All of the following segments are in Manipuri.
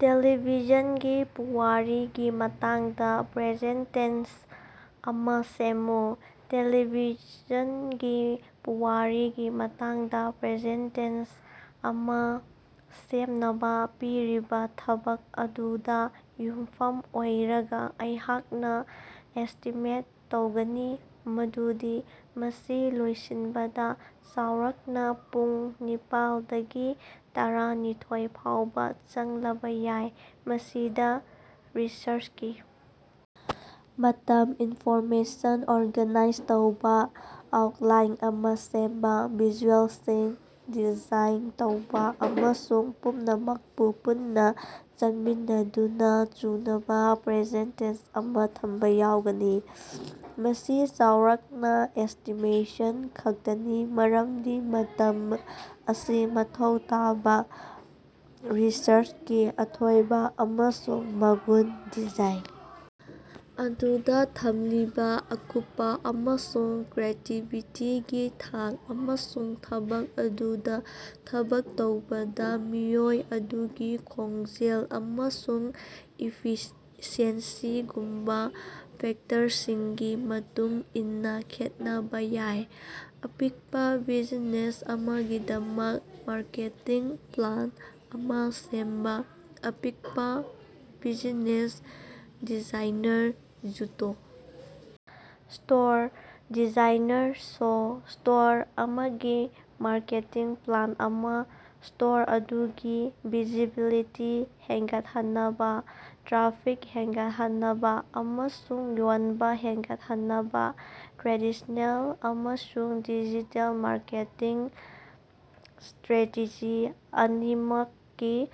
ꯇꯦꯂꯤꯚꯤꯖꯟꯒꯤ ꯄꯨꯋꯥꯔꯤꯒꯤ ꯃꯇꯥꯡꯗ ꯄ꯭ꯔꯖꯦꯟ ꯇꯦꯟꯁ ꯑꯃ ꯁꯦꯝꯃꯨ꯫ ꯇꯦꯂꯤꯚꯤꯖꯟꯒꯤ ꯄꯨꯋꯥꯔꯤꯒꯤ ꯃꯇꯥꯡꯗ ꯄ꯭ꯔꯖꯦꯟ ꯇꯦꯟꯁ ꯑꯃ ꯁꯦꯝꯅꯕꯥ ꯄꯤꯔꯤꯕ ꯊꯕꯛ ꯑꯗꯨꯗ ꯌꯨꯝꯐꯝ ꯑꯣꯏꯔꯒ ꯑꯩꯍꯥꯛꯅ ꯑꯦꯁꯇꯤꯃꯦꯠ ꯇꯧꯒꯅꯤ ꯃꯗꯨꯗꯤ ꯃꯁꯤ ꯂꯣꯏꯁꯤꯟꯕꯗꯥ ꯆꯥꯎꯔꯥꯛꯅ ꯄꯨꯡ ꯅꯤꯄꯥꯜ ꯗꯒꯤꯅ ꯇꯔꯥꯅꯤꯊꯣꯏ ꯐꯥꯎꯕꯥ ꯆꯪꯂꯕ ꯌꯥꯏ꯫ ꯃꯁꯤꯗ ꯔꯤꯁ꯭ꯔꯆꯀꯤ ꯃꯇꯝ, ꯏꯟꯐꯣꯔꯃꯦꯁꯟ ꯑꯣꯔꯒꯅꯥꯏꯖ ꯇꯧꯕ, ꯑꯥꯎꯠꯂꯥꯏꯟ ꯑꯃ ꯁꯦꯝꯕ, ꯚꯤꯖꯨꯑꯦꯜꯁꯤꯡ ꯗꯤꯖꯥꯏꯟ ꯇꯧꯕ ꯑꯃꯁꯨꯡ ꯄꯨꯝꯅꯃꯛꯄꯨ ꯄꯨꯟꯅ ꯆꯠꯃꯤꯟꯅꯗꯨꯅ ꯆꯨꯅꯕ ꯄ꯭ꯔꯖꯦꯟꯇꯦꯁꯟ ꯑꯃꯗ ꯊꯝꯕ ꯌꯥꯎꯒꯅꯤ꯫ ꯃꯁꯤ ꯆꯥꯎꯔꯥꯛꯅ ꯑꯦꯁꯇꯤꯃꯦꯁꯟ ꯈꯛꯇꯅꯤ ꯃꯔꯝꯗꯤ ꯃꯇꯝ ꯑꯁꯤ ꯃꯊꯧ ꯇꯥꯕ ꯔꯤꯁ꯭ꯔꯆꯀꯤ ꯑꯊꯣꯏꯕ ꯑꯃꯁꯨꯡ ꯃꯒꯨꯟ, ꯗꯤꯖꯥꯏꯟ ꯑꯗꯨꯗ ꯊꯝꯂꯤꯕ ꯑꯀꯨꯞꯄ ꯑꯃꯁꯨꯡ ꯀ꯭ꯔꯤꯌꯦꯇꯤꯕꯤꯇꯤꯒꯤ ꯊꯥꯛ, ꯑꯃꯁꯨꯡ ꯊꯕꯛ ꯑꯗꯨꯗ ꯊꯕꯛ ꯇꯧꯕꯗ ꯃꯤꯑꯣꯏ ꯑꯗꯨꯒꯤ ꯈꯣꯡꯖꯦꯜ ꯑꯃꯁꯨꯡ ꯏꯐꯤꯁꯤꯑꯦꯟꯁꯤꯒꯨꯝꯕꯥ ꯐꯦꯛꯇꯔꯁꯤꯡꯒꯤ ꯃꯇꯨꯡ ꯏꯟꯅ ꯈꯦꯠꯅꯕꯥ ꯌꯥꯏ꯫ ꯑꯄꯤꯛꯄ ꯕꯤꯖꯤꯅꯦꯁ ꯑꯃꯒꯤꯗꯃꯛ ꯃꯥꯔꯀꯦꯇꯤꯡ ꯄ꯭ꯂꯥꯟ ꯑꯃ ꯁꯦꯝꯕ꯫ ꯑꯄꯤꯛꯄ ꯕꯤꯖꯤꯅꯦꯁ - ꯗꯤꯖꯥꯏꯅꯔ ꯖꯨꯇꯣ ꯁ꯭ꯇꯣꯔ꯫ ꯗꯤꯖꯥꯏꯅꯔ ꯁꯣ ꯁ꯭ꯇꯣꯔ ꯑꯃꯒꯤ ꯃꯥꯔꯀꯦꯇꯤꯡ ꯄ꯭ꯂꯥꯟ ꯑꯃꯅ ꯁ꯭ꯇꯣꯔ ꯑꯗꯨꯒꯤ ꯚꯤꯖꯤꯕꯤꯂꯤꯇꯤ ꯍꯦꯟꯒꯠꯍꯟꯅꯕꯥ, ꯇ꯭ꯔꯥꯐꯤꯛ ꯍꯦꯟꯒꯠꯍꯟꯅꯕꯥ ꯑꯃꯁꯨꯡ ꯌꯣꯟꯕ ꯍꯦꯟꯒꯠꯍꯟꯅꯕꯥ ꯇ꯭ꯔꯦꯗꯤꯁꯅꯦꯜ ꯑꯃꯁꯨꯡ ꯗꯤꯖꯤꯇꯦꯜ ꯃꯥꯔꯀꯦꯇꯤꯡ ꯁ꯭ꯇꯔꯥꯇꯦꯖꯤ ꯑꯅꯤꯃꯛꯀꯤ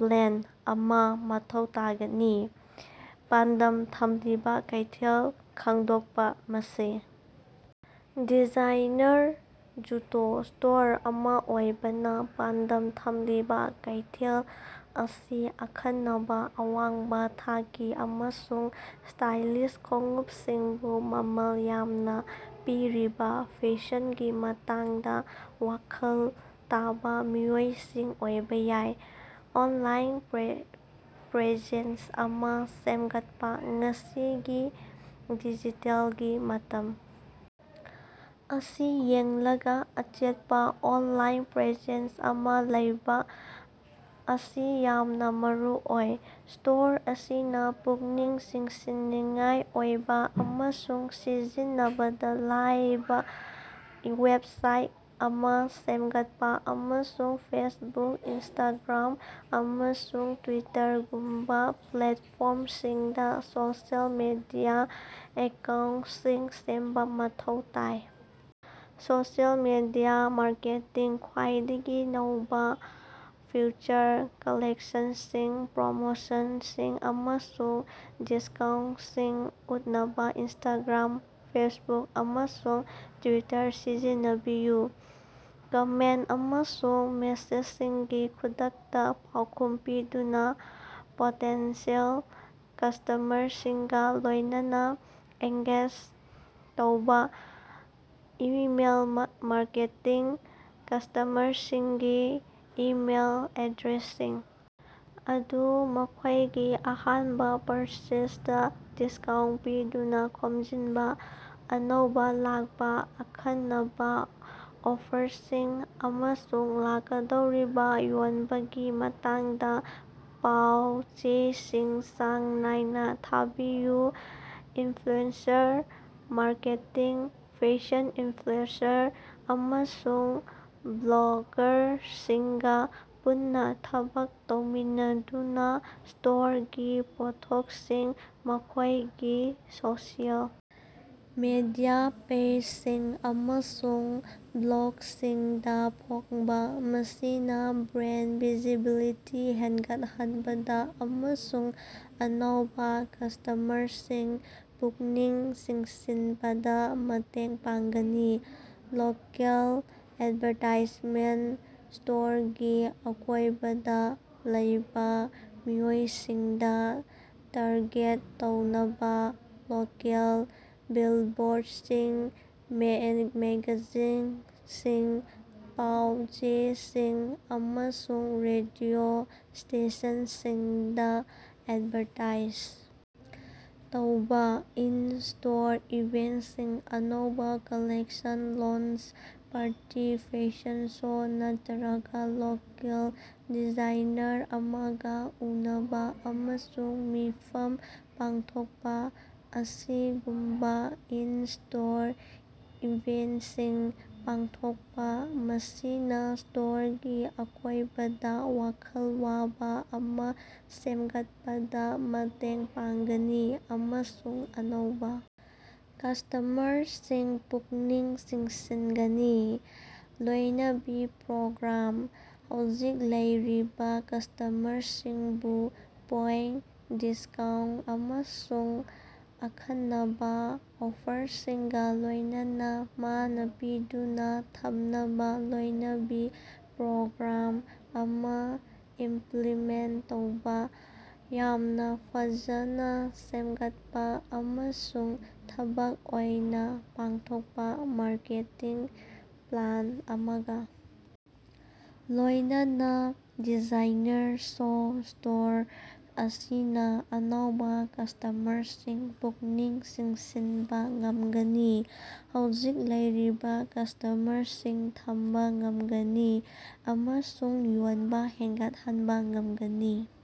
ꯕ꯭ꯂꯦꯟꯗ ꯑꯃ ꯃꯊꯧ ꯇꯥꯒꯅꯤ꯫ ꯄꯥꯟꯗꯝ ꯊꯝꯂꯤꯕ ꯀꯩꯊꯦꯜ ꯈꯪꯗꯣꯛꯄ - ꯃꯁꯤ ꯗꯤꯖꯥꯏꯅꯔ ꯖꯨꯇꯣ ꯁ꯭ꯇꯣꯔ ꯑꯃ ꯑꯣꯏꯕꯅ ꯄꯥꯟꯗꯝ ꯊꯝꯂꯤꯕ ꯀꯩꯊꯦꯜ ꯑꯁꯤ ꯑꯈꯟꯅꯕꯥ, ꯑꯋꯥꯡꯕ ꯊꯥꯛꯀꯤ ꯑꯃꯁꯨꯡ ꯁ꯭ꯇꯥꯏꯂꯤꯁ ꯈꯣꯡꯎꯞꯁꯤꯡꯕꯨ ꯃꯃꯜ ꯌꯥꯝꯅ ꯄꯤꯔꯤꯕ ꯐꯦꯁꯟꯒꯤ ꯃꯇꯥꯡꯗ‌ ꯋꯥꯈꯜ ꯇꯥꯕ ꯃꯤꯑꯣꯏꯁꯤꯡ ꯑꯣꯏꯕ ꯌꯥꯏ꯫ ꯑꯣꯟꯂꯥꯏꯟ ꯄ꯭ꯔꯦꯖꯦꯟꯁ ꯑꯃ ꯁꯦꯝꯒꯠꯄ - ꯉꯁꯤꯒꯤ ꯗꯤꯖꯤꯇꯦꯜꯒꯤ ꯃꯇꯝ ꯑꯁꯤ ꯌꯦꯡꯂꯒꯥ, ꯑꯆꯦꯠꯄ ꯑꯣꯟꯂꯥꯏꯟ ꯄ꯭ꯔꯦꯖꯦꯟꯁ ꯑꯃ ꯂꯩꯕ ꯑꯁꯤ ꯌꯥꯝꯅ ꯃꯔꯨꯑꯣꯏ꯫ ꯁ꯭ꯇꯣꯔ ꯑꯁꯤꯅ ꯄꯨꯛꯅꯤꯡ ꯆꯤꯡꯁꯤꯟꯅꯤꯡꯉꯥꯏ ꯑꯣꯏꯕ ꯑꯃꯁꯨꯡ ꯁꯤꯖꯤꯟꯅꯕꯗ ꯂꯥꯏꯕ ꯋꯦꯕꯁꯥꯏꯠ ꯑꯃ ꯁꯦꯝꯒꯠꯄ ꯑꯃꯁꯨꯡ ꯐꯦꯁꯕꯨꯛ, ꯏꯟꯁꯇꯥꯒ꯭ꯔꯥꯝ, ꯑꯃꯁꯨꯡ ꯇ꯭ꯌꯨꯇꯔꯒꯨꯝꯕ ꯄ꯭ꯂꯦꯠꯐꯣ꯭ꯔꯝꯁꯤꯡꯗ ꯁꯣꯁꯤꯑꯦꯜ ꯃꯤꯗꯤꯌꯥ ꯑꯦꯀꯥꯎꯟꯇꯁꯤꯡ ꯁꯦꯝꯕ ꯃꯊꯧ ꯇꯥꯏ꯫ ꯁꯣꯁꯤꯑꯦꯜ ꯃꯤꯗꯤꯌꯥ ꯃꯥꯔꯀꯦꯇꯤꯡ - ꯈ꯭ꯋꯥꯏꯗꯒꯤ ꯅꯧꯕ ꯐꯨꯇꯋꯦꯌꯔ ꯀꯥꯂꯦꯛꯁꯟꯁꯤꯡ, ꯄ꯭ꯔꯃꯣꯁꯟꯁꯤꯡ, ꯑꯃꯁꯨꯡ ꯗꯤꯁꯀꯥꯎꯟꯇꯁꯤꯡ ꯎꯠꯅꯕꯥ ꯏꯟꯁꯇꯥꯒ꯭ꯔꯥꯝ, ꯐꯦꯁꯕꯨꯛ, ꯑꯃꯁꯨꯡ ꯇ꯭ꯌꯨꯇꯔ ꯁꯤꯖꯤꯟꯅꯕꯤꯌꯨ꯫ ꯀꯥꯃꯦꯟꯇ ꯑꯃꯁꯨꯡ ꯃꯦꯁꯦꯖꯁꯤꯡꯒꯤ ꯈꯨꯗꯛꯇ ꯄꯥꯎꯈꯨꯝ ꯄꯤꯗꯨꯅ ꯄꯣꯇꯦꯟꯁꯤꯑꯦꯜ ꯀꯁ꯭ꯇꯃꯔꯁꯤꯡꯒ ꯂꯣꯏꯅꯅꯥ ꯑꯦꯡꯒꯦꯖ ꯇꯧꯕ꯫ ꯏꯃꯦꯜ ꯃꯥꯔꯀꯦꯇꯤꯡ -ꯀꯁ꯭ꯇꯃꯔꯁꯤꯡꯒꯤ ꯏꯃꯦꯏꯜ ꯑꯦꯗ꯭ꯔꯦꯁꯁꯤꯡ ꯑꯗꯨ ꯃꯈꯣꯏꯒꯤ ꯑꯍꯥꯟꯕ ꯄꯔꯆꯦꯖꯗꯥ ꯗꯤꯁꯀꯥꯎꯟꯇ ꯄꯤꯗꯨꯅ ꯈꯣꯝꯖꯤꯟꯕ꯫ ꯑꯅꯧꯕ ꯂꯥꯛꯄ, ꯑꯈꯟꯅꯕꯥ ꯑꯣꯐꯔꯁꯤꯡ, ꯑꯃꯁꯨꯡ ꯂꯥꯛꯀꯗꯧꯔꯤꯕ ꯌꯣꯟꯕꯒꯤ ꯃꯇꯥꯡꯗ ꯄꯥꯎ-ꯆꯦꯁꯤꯡ ꯆꯥꯡ ꯅꯥꯏꯅ ꯊꯥꯕꯤꯌꯨ꯫ ꯏꯟꯐ꯭ꯂꯨꯑꯦꯟꯁꯔ ꯃꯥꯔꯀꯦꯇꯤꯡ - ꯐꯦꯁꯟ ꯏꯟꯐ꯭ꯂꯨꯑꯦꯟꯁꯔ ꯑꯃꯁꯨꯡ ꯕ꯭ꯂꯣꯒꯥꯔꯁꯤꯡꯒ ꯄꯨꯟꯅ ꯊꯕꯛ ꯇꯧꯃꯤꯟꯅꯗꯨꯅ ꯁ꯭ꯇꯣꯔꯒꯤ ꯄꯣꯠꯊꯣꯠꯁꯤꯡ ꯃꯈꯣꯏꯒꯤ ꯁꯣꯁꯤꯑꯦꯜ ꯃꯦꯗꯤꯌꯥ ꯄꯦꯖꯁꯤꯡ ꯑꯃꯁꯨꯡ ꯕ꯭ꯂꯣꯒꯁꯤꯡꯗ ꯐꯣꯡꯕ꯫ ꯃꯁꯤꯅ ꯕ꯭ꯔꯥꯟꯗ ꯚꯤꯖꯤꯕꯤꯂꯤꯇꯤ ꯍꯦꯟꯒꯠꯍꯟꯕꯗ ꯑꯃꯁꯨꯡ ꯑꯅꯧꯕ ꯀꯁ꯭ꯇꯃꯔꯁꯤꯡ ꯄꯨꯛꯅꯤꯡ ꯆꯤꯡꯁꯤꯟꯕꯗ ꯃꯇꯦꯡ ꯄꯥꯡꯒꯅꯤ꯫ ꯂꯣꯀꯦꯜ ꯑꯦꯗꯚꯥꯔꯇꯥꯏꯖꯃꯦꯟꯇ - ꯁ꯭ꯇꯣꯔꯒꯤ ꯑꯀꯣꯏꯕꯗꯥ ꯂꯩꯕ ꯃꯤꯑꯣꯏꯁꯤꯡꯗ ꯇꯥꯔꯒꯦꯠ ꯇꯧꯅꯕ ꯂꯣꯀꯦꯜ ꯕꯤꯜꯕꯣꯔꯗꯁꯤꯡ, ꯃꯦꯒꯥꯖꯤꯟꯁꯤꯡ, ꯄꯥꯎ-ꯆꯦꯁꯤꯡ, ꯑꯃꯁꯨꯡ ꯔꯦꯗꯤꯑꯣ ꯁ꯭ꯇꯦꯁꯟꯁꯤꯡꯗ ꯑꯦꯗꯚꯥꯔꯇꯥꯏꯖ ꯇꯧꯕ꯫ ꯏꯟ-ꯁ꯭ꯇꯣꯔ ꯏꯚꯦꯟꯇꯁꯤꯡ - ꯑꯅꯧꯕ collection launch party, fashion show, ꯅꯠꯇꯔꯒ ꯂꯣꯀꯦꯜ ꯗꯤꯖꯥꯏꯅꯔ ꯑꯃꯒ ꯎꯅꯕꯥ ꯑꯃꯁꯨꯡ ꯃꯤꯐꯝ ꯄꯥꯡꯊꯣꯛꯄ ꯑꯁꯤꯒꯨꯝꯕ ꯏꯟ-ꯁ꯭ꯇꯣꯔ ꯏꯚꯦꯟꯇꯁꯤꯡ ꯄꯥꯡꯊꯣꯛꯄ꯫ ꯃꯁꯤꯅ ꯁ꯭ꯇꯣꯔꯒꯤ ꯑꯀꯣꯏꯕꯗꯥ ꯋꯥꯈꯜ ꯋꯥꯕ ꯑꯃ ꯁꯦꯝꯒꯠꯄꯗ ꯃꯇꯦꯡ ꯄꯥꯡꯒꯅꯤ ꯑꯃꯁꯨꯡ ꯑꯅꯧꯕ ꯀꯁ꯭ꯇꯃꯔꯁꯤꯡ ꯄꯨꯛꯅꯤꯡ ꯆꯤꯡꯁꯤꯟꯒꯅꯤ꯫ ꯂꯣꯏꯅꯕꯤ ꯄ꯭ꯔꯣꯒ꯭ꯔꯥꯝ - ꯍꯧꯖꯤꯛ ꯂꯩꯔꯤꯕ ꯀꯁ꯭ꯇꯃꯔꯁꯤꯡꯕꯨ ꯄꯣꯏꯟꯇ, ꯗꯤꯁꯀꯥꯎꯟꯇ ꯑꯃꯁꯨꯡ ꯑꯈꯟꯅꯕ ꯑꯣꯐꯔꯁꯤꯡꯒ ꯂꯣꯏꯅꯅꯥ ꯃꯅꯥ ꯄꯤꯗꯨꯅ ꯊꯝꯅꯕꯥ ꯂꯣꯏꯅꯕꯤ ꯄ꯭ꯔꯣꯒ꯭ꯔꯥꯝ ꯑꯃ ꯏꯝꯄ꯭ꯂꯤꯃꯦꯟꯇ ꯇꯧꯕ꯫ ꯌꯥꯝꯅ ꯐꯖꯅ‌ ꯁꯦꯝꯒꯠꯄ ꯑꯃꯁꯨꯡ ꯊꯕꯛ ꯑꯣꯏꯅ ꯄꯥꯡꯊꯣꯛꯄ ꯃꯥꯔꯀꯦꯇꯤꯡ ꯄ꯭ꯂꯥꯟ ꯑꯃꯒ ꯂꯣꯏꯅꯅꯥ ꯗꯤꯖꯥꯏꯅꯔ ꯁꯣ ꯁ꯭ꯇꯣꯔ ꯑꯁꯤꯅ ꯑꯅꯧꯕ ꯀꯁ꯭ꯇꯃꯔꯁꯤꯡ ꯄꯨꯛꯅꯤꯡ ꯆꯤꯡꯁꯤꯟꯕ ꯉꯝꯒꯅꯤ, ꯍꯧꯖꯤꯛ ꯂꯩꯔꯤꯕ ꯀꯁ꯭ꯇꯃꯔꯁꯤꯡ ꯊꯝꯕ ꯉꯝꯒꯅꯤ ꯑꯃꯁꯨꯡ ꯌꯣꯟꯕ ꯍꯦꯟꯒꯠꯍꯟꯕ ꯉꯝꯒꯅꯤ꯫